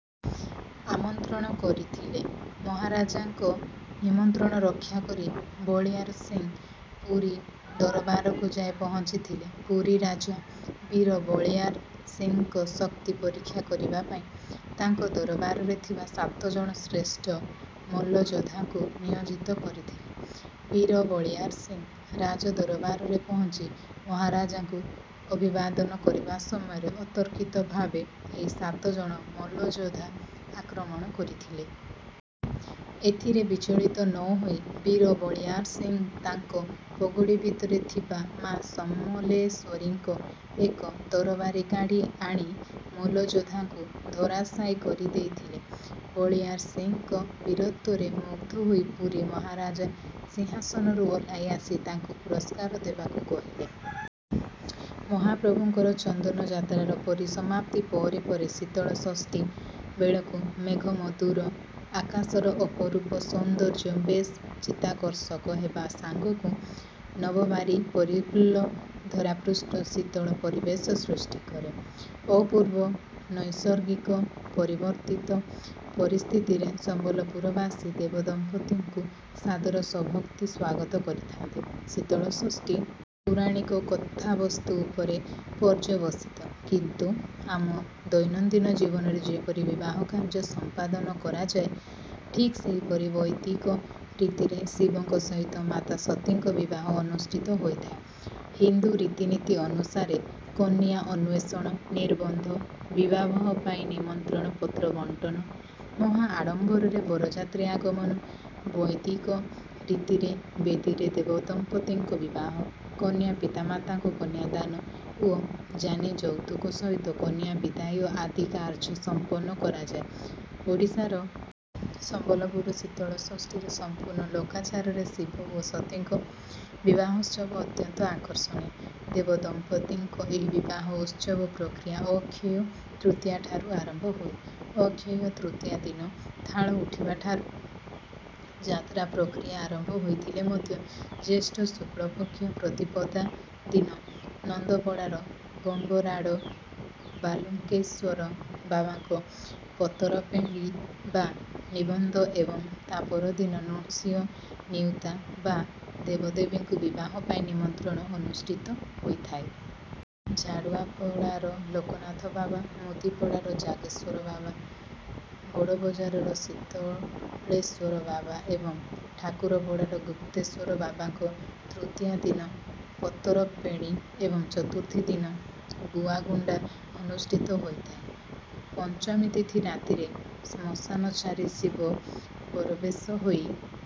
ଆମନ୍ତ୍ରଣ କରିଥିଲେ। ମହାରାଜଙ୍କ ନିମନ୍ତ୍ରଣ ରକ୍ଷା କରି ବଳିୟାର ସିଂହ ପୁରୀ ଦରବାରକୁ ଯାଇ ପହଞ୍ଚିଥିଲେ। ପୁରୀ ରାଜା, ବୀର ବଳିୟାର ସିଂହଙ୍କ ଶକ୍ତି ପରୀକ୍ଷା କରିବା ପାଇଁ ତାଙ୍କ ଦରବାରରେ ଥିବା ସାତ ଜଣ ଶ୍ରେଷ୍ଠ ମଲ୍ଲଯୋଦ୍ଧାଙ୍କୁ ନିୟୋଜିତ କରିଥିଲେ। ବୀର ବଳିୟାର ସିଂହ ରାଜଦରବାରରେ ପହଞ୍ଚି ମହାରାଜଙ୍କୁ ଅଭିବାଦନ କରିବା ସମୟରେ ଅତର୍କିତ ଭାବେ ଏହି ସାତ ଜଣ ମଲ୍ଲଯୋଦ୍ଧା ଆକ୍ରମଣ କରିଥିଲେ। ଏଥିରେ ବିଚଳିତ ନ ହୋଇ ବୀର ବଳିୟାର ସିଂହ ତାଙ୍କ ପଗଡ଼ି ଭିତରେ ଥିବା ମା’ ସମଲେଶ୍ୱରୀଙ୍କ ଏକ ତରବାରି କାଢ଼ି ଆଣି ମଲ୍ଲଯୋଦ୍ଧାଙ୍କୁ ଧରାଶାୟୀ କରିଦେଇଥିଲେ। ବଳିୟାର ସିଂହଙ୍କ ବୀରତ୍ୱରେ ମୁଗ୍ଧ ହୋଇ ପୁରୀ ମହାରାଜ ସିଂହାସନରୁ ଓହ୍ଲାଇ ଆସି ତାଙ୍କୁ ପୁରସ୍କାର ଦେବାକୁ କହିଲେ। ମହାପ୍ରଭୁଙ୍କର ଚନ୍ଦନ ଯାତ୍ରାର ପରିସମାପ୍ତି ପରେ ପରେ ଶୀତଳଷଷ୍ଠୀ ବେଳକୁ ମେଘମେଦୁର ଆକାଶର ଅପରୂପ ସୌନ୍ଦର୍ଯ୍ୟ ବେଶ୍ ଚିତ୍ତାକର୍ଷକ ହେବା ସାଙ୍ଗକୁ ନବବାରି ପରିପ୍ଲୁତ ଧରାପୃଷ୍ଠ ଶୀତଳ ପରିବେଶ ସୃଷ୍ଟି କରେ। ଅପୂର୍ବ ନୈସର୍ଗିକ ପରିବର୍ତ୍ତିତ ପରିସ୍ଥିତିରେ ସମ୍ବଲପୁରବାସୀ ଦେବଦମ୍ପତିଙ୍କୁ ସାଦର ସଭକ୍ତି ସ୍ୱାଗତ କରିଥାନ୍ତି। ଶୀତଳଷଷ୍ଠୀ ପୌରାଣିକ କଥାବସ୍ତୁ ଉପରେ ପର୍ଯ୍ୟବସିତ। କିନ୍ତୁ ଆମ ଦୈନନ୍ଦିନ ଜୀବନରେ ଯେପରି ବିବାହ କାର୍ଯ୍ୟ ସମ୍ପାଦନ କରାଯାଏ, ଠିକ୍ ସେହିପରି ବୈଦିକ ରୀତିରେ ଶିବଙ୍କ ସହିତ ମାତା ସତୀଙ୍କ ବିବାହ ଅନୁଷ୍ଠିତ ହୋଇଥାଏ। ହିନ୍ଦୁ ରୀତିନୀତି ଅନୁସାରେ କନ୍ୟା ଅନ୍ୱେଷଣ, ନିବନ୍ଧ, ବିବାହ ପାଇଁ ନିମନ୍ତ୍ରଣ ପତ୍ର ବଣ୍ଟନ, ମହା ଆଡ଼ମ୍ବରରେ ବରଯାତ୍ରୀ ଆଗମନ, ବୈଦିକ ରୀତିରେ ବେଦିରେ ଦେବଦମ୍ପତିଙ୍କ ବିବାହ, କନ୍ୟା ପିତାମାତାଙ୍କ କନ୍ୟାଦାନ ଓ ଯାନି ଯୌତୁକ ସହିତ କନ୍ୟା ବିଦାୟ ଆଦି କାର୍ଯ୍ୟ ସମ୍ପନ୍ନ କରାଯାଏ। ଓଡ଼ିଶାର ସମ୍ବଲପୁର ଶୀତଳଷଷ୍ଠୀରେ ସମ୍ପୂର୍ଣ୍ଣ ଲୋକାଚାରରେ ଶିବ ଓ ସତୀଙ୍କ ବିବାହୋତ୍ସବ ଅତ୍ୟନ୍ତ ଆକର୍ଷଣୀୟ। ଦେବଦମ୍ପତିଙ୍କ ଏହି ବିବାହ ଉତ୍ସବ ପ୍ରକ୍ରିୟା ଅକ୍ଷୟ ତୃତୀୟାଠାରୁ ଆରମ୍ଭ ହୁଏ। ଅକ୍ଷୟ ତୃତୀୟା ଦିନ ଥାଳ ଉଠିବାଠାରୁ ଯାତ୍ରା ପ୍ରକ୍ରିୟା ଆରମ୍ଭ ହୋଇଥିଲେ ମଧ୍ୟ ଜ୍ୟେଷ୍ଠ ଶୁକ୍ଳପକ୍ଷ ପ୍ରତିପଦା ଦିନ ନନ୍ଦପଡ଼ାର ବଂବରାଡ଼ ବାଲୁଙ୍କେଶ୍ୱର ବାବାଙ୍କ ପତରପେଁଡ଼ି ବା ନିବନ୍ଧ ଏବଂ ତା’ପରଦିନ ନୃସିଂହ ନିଉତା ବା ଦେବଦେବୀଙ୍କୁ ବିବାହ ପାଇଁ ନିମନ୍ତ୍ରଣ ଅନୁଷ୍ଠିତ ହୋଇଥାଏ। ଝାଡ଼ୁଆପଡ଼ାର ଲୋକନାଥ ବାବା, ମୁଦିପଡ଼ାର ଜାଗେଶ୍ୱର ବାବା, ବଡ଼ବଜାରର ଶୀତଳେଶ୍ୱର ବାବା ଏବଂ ଠାକୁରପଡ଼ାର ଗୁପ୍ତେଶ୍ୱର ବାବାଙ୍କ ତୃତୀୟା ଦିନ ପତରପେଁଡ଼ି ଏବଂ ଚତୁର୍ଥୀ ଦିନ ଗୁଆଗୁଣ୍ଡା ଅନୁଷ୍ଠିତ ହୋଇଥାଏ। ପଞ୍ଚମୀ ତିଥି ରାତିରେ ଶ୍ମଶାନଚାରୀ ଶିବ ବରବେଶ ହୋଇ...